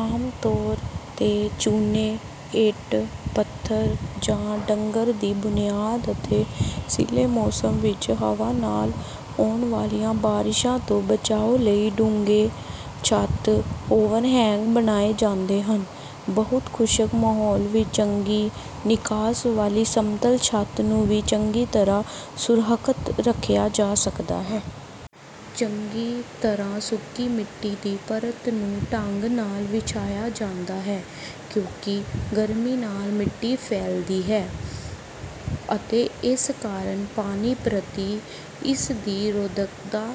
ਆਮ ਤੌਰ ’ਤੇ ਚੂਨੇ, ਇੱਟ, ਪੱਥਰ ਜਾਂ ਡੰਗਰ ਦੀ ਬੁਨਿਆਦ ਅਤੇ ਸਿੱਲ੍ਹੇ ਮੌਸਮ ਵਿੱਚ ਹਵਾ ਨਾਲ ਆਉਣ ਵਾਲੀਆਂ ਬਾਰਸ਼ਾਂ ਤੋਂ ਬਚਾਅ ਲਈ ਡੂੰਘੇ ਛੱਤ-ਓਵਰਹੈਂਗ ਬਣਾਏ ਜਾਂਦੇ ਹਨ। ਬਹੁਤ ਖੁਸ਼ਕ ਮਾਹੌਲ ਵਿੱਚ ਚੰਗੀ ਨਿਕਾਸ ਵਾਲੀ ਸਮਤਲ ਛੱਤ ਨੂੰ ਵੀ ਚੰਗੀ ਤਰ੍ਹਾਂ ਸੁਰੱਖਿਅਤ ਰੱਖਿਆ ਜਾ ਸਕਦਾ ਹੈ। ਚੰਗੀ ਤਰ੍ਹਾਂ ਸੁੱਕੀ ਮਿੱਟੀ ਦੀ ਪਰਤ ਨੂੰ ਢੰਗ ਨਾਲ ਵਿਛਾਇਆ ਜਾਂਦਾ ਹੈ, ਕਿਉਂਕਿ ਗਰਮੀ ਨਾਲ ਮਿੱਟੀ ਫੈਲਦੀ ਹੈ ਅਤੇ ਇਸ ਕਾਰਨ ਪਾਣੀ ਪ੍ਰਤੀ ਇਸ ਦੀ ਰੋਧਕਤਾ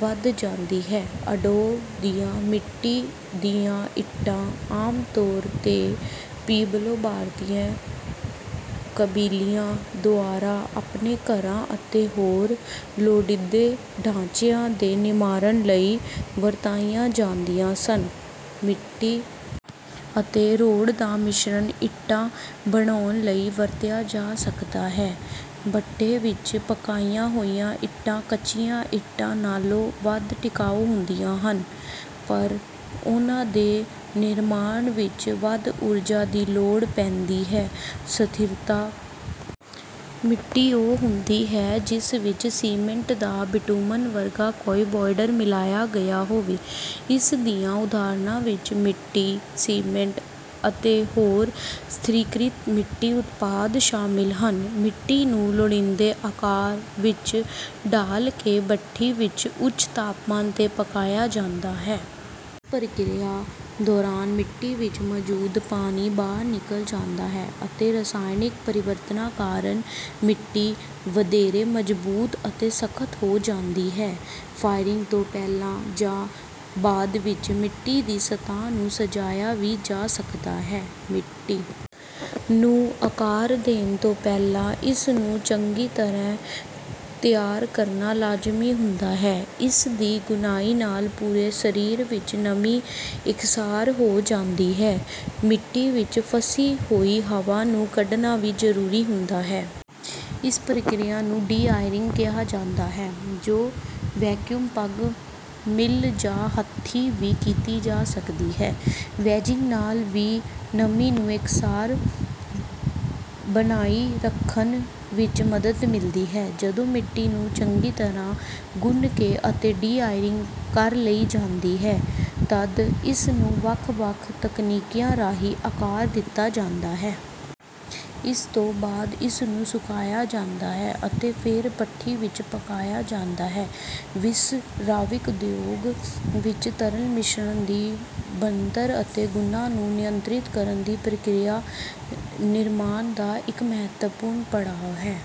ਵਧ ਜਾਂਦੀ ਹੈ ਅਡੋਬ ਦੀਆਂ ਮਿੱਟੀ ਦੀਆਂ ਇੱਟਾਂ ਆਮ ਤੌਰ ’ਤੇ ਪਿਊਬਲੋ ਭਾਰਤੀ ਕਬੀਲਿਆਂ ਦੁਆਰਾ ਆਪਣੇ ਘਰਾਂ ਅਤੇ ਹੋਰ ਲੋੜੀਂਦੇ ਢਾਂਚਿਆਂ ਦੇ ਨਿਰਮਾਣ ਲਈ ਵਰਤੀਆਂ ਜਾਂਦੀਆਂ ਸਨ। ਮਿੱਟੀ ਅਤੇ ਰੇਤ ਦਾ ਮਿਸ਼ਰਣ ਇੱਟਾਂ ਬਣਾਉਣ ਲਈ ਵਰਤਿਆ ਜਾ ਸਕਦਾ ਹੈ। ਭੱਠੇ ਵਿੱਚ ਪਕਾਈਆਂ ਹੋਈਆਂ ਇੱਟਾਂ ਕੱਚੀਆਂ ਇੱਟਾਂ ਨਾਲੋਂ ਵੱਧ ਟਿਕਾਊ ਹੁੰਦੀਆਂ ਹਨ, ਪਰ ਉਨ੍ਹਾਂ ਦੇ ਨਿਰਮਾਣ ਵਿੱਚ ਵੱਧ ਊਰਜਾ ਦੀ ਲੋੜ ਪੈਂਦੀ ਹੈ। ਸਥਿਰੀਕ੍ਰਿਤ ਮਿੱਟੀ ਉਹ ਹੁੰਦੀ ਹੈ ਜਿਸ ਵਿੱਚ ਸੀਮੈਂਟ ਜਾਂ ਬਿਟੂਮਨ ਵਰਗਾ ਕੋਈ ਬਾਈਂਡਰ ਮਿਲਾਇਆ ਗਿਆ ਹੋਵੇ। ਇਸ ਦੀਆਂ ਉਦਾਹਰਨਾਂ ਵਿੱਚ ਮਿੱਟੀ-ਸੀਮੈਂਟ ਅਤੇ ਹੋਰ ਸਥਿਰੀਕ੍ਰਿਤ ਮਿੱਟੀ ਉਤਪਾਦ ਸ਼ਾਮਲ ਹਨ। ਮਿੱਟੀ ਨੂੰ ਲੋੜੀਂਦੇ ਆਕਾਰ ਵਿੱਚ ਢਾਲ ਕੇ ਭੱਠੀ ਵਿੱਚ ਉੱਚ ਤਾਪਮਾਨ ’ਤੇ ਪਕਾਇਆ ਜਾਂਦਾ ਹੈ। ਇਸ ਪ੍ਰਕਿਰਿਆ ਦੌਰਾਨ ਮਿੱਟੀ ਵਿੱਚ ਮੌਜੂਦ ਪਾਣੀ ਬਾਹਰ ਨਿਕਲ ਜਾਂਦਾ ਹੈ ਅਤੇ ਰਸਾਇਣਕ ਪਰਿਵਰਤਨਾਂ ਕਾਰਨ ਮਿੱਟੀ ਵਧੇਰੇ ਮਜ਼ਬੂਤ ਅਤੇ ਸਖ਼ਤ ਹੋ ਜਾਂਦੀ ਹੈ। ਫਾਇਰਿੰਗ ਤੋਂ ਪਹਿਲਾਂ ਜਾਂ ਬਾਅਦ ਵਿੱਚ ਮਿੱਟੀ ਦੀ ਸਤ੍ਹਾ ਨੂੰ ਸਜਾਇਆ ਵੀ ਜਾ ਸਕਦਾ ਹੈ। ਮਿੱਟੀ ਨੂੰ ਆਕਾਰ ਦੇਣ ਤੋਂ ਪਹਿਲਾਂ ਇਸ ਨੂੰ ਚੰਗੀ ਤਰ੍ਹਾਂ ਤਿਆਰ ਕਰਨਾ ਲਾਜ਼ਮੀ ਹੁੰਦਾ ਹੈ। ਇਸ ਦੀ ਗੁੰਨਾਈ ਨਾਲ ਪੂਰੇ ਸਰੀਰ ਵਿੱਚ ਨਮੀ ਇੱਕਸਾਰ ਹੋ ਜਾਂਦੀ ਹੈ। ਮਿੱਟੀ ਵਿੱਚ ਫਸੀ ਹੋਈ ਹਵਾ ਨੂੰ ਕੱਢਣਾ ਵੀ ਜ਼ਰੂਰੀ ਹੁੰਦਾ ਹੈ। ਇਸ ਪ੍ਰਕਿਰਿਆ ਨੂੰ ਡੀ-ਏਅਰਿੰਗ ਕਿਹਾ ਜਾਂਦਾ ਹੈ, ਜੋ ਵੈਕਿਊਮ ਪਗ ਮਿਲ ਜਾਂ ਹੱਥੀਂ ਵੀ ਕੀਤੀ ਜਾ ਸਕਦੀ ਹੈ। ਵੇਜਿੰਗ ਨਾਲ ਵੀ ਨਮੀ ਨੂੰ ਇੱਕਸਾਰ ਬਣਾਈ ਰੱਖਣ ਵਿੱਚ ਮਦਦ ਮਿਲਦੀ ਹੈ। ਜਦੋਂ ਮਿੱਟੀ ਨੂੰ ਚੰਗੀ ਤਰ੍ਹਾਂ ਗੁੰਨ ਕੇ ਅਤੇ ਡੀ-ਏਅਰਿੰਗ ਕਰ ਲਈ ਜਾਂਦੀ ਹੈ, ਤਦ ਇਸ ਨੂੰ ਵੱਖ-ਵੱਖ ਤਕਨੀਕਾਂ ਰਾਹੀਂ ਆਕਾਰ ਦਿੱਤਾ ਜਾਂਦਾ ਹੈ। ਇਸ ਤੋਂ ਬਾਅਦ ਇਸ ਨੂੰ ਸੁਕਾਇਆ ਜਾਂਦਾ ਹੈ ਅਤੇ ਫਿਰ ਭੱਠੀ ਵਿੱਚ ਪਕਾਇਆ ਜਾਂਦਾ ਹੈ ਵਸਰਾਵਿਕ ਉਦਯੋਗ ਵਿੱਚ ਤਰਲ ਮਿਸ਼ਰਣ ਦੀ ਬਣਤਰ ਅਤੇ ਗੁਣਾਂ ਨੂੰ ਨਿਯੰਤਰਿਤ ਕਰਨ ਦੀ ਪ੍ਰਕਿਰਿਆ ਨਿਰਮਾਣ ਦਾ ਇੱਕ ਮਹੱਤਵਪੂਰਨ ਪੜਾਅ ਹੈ।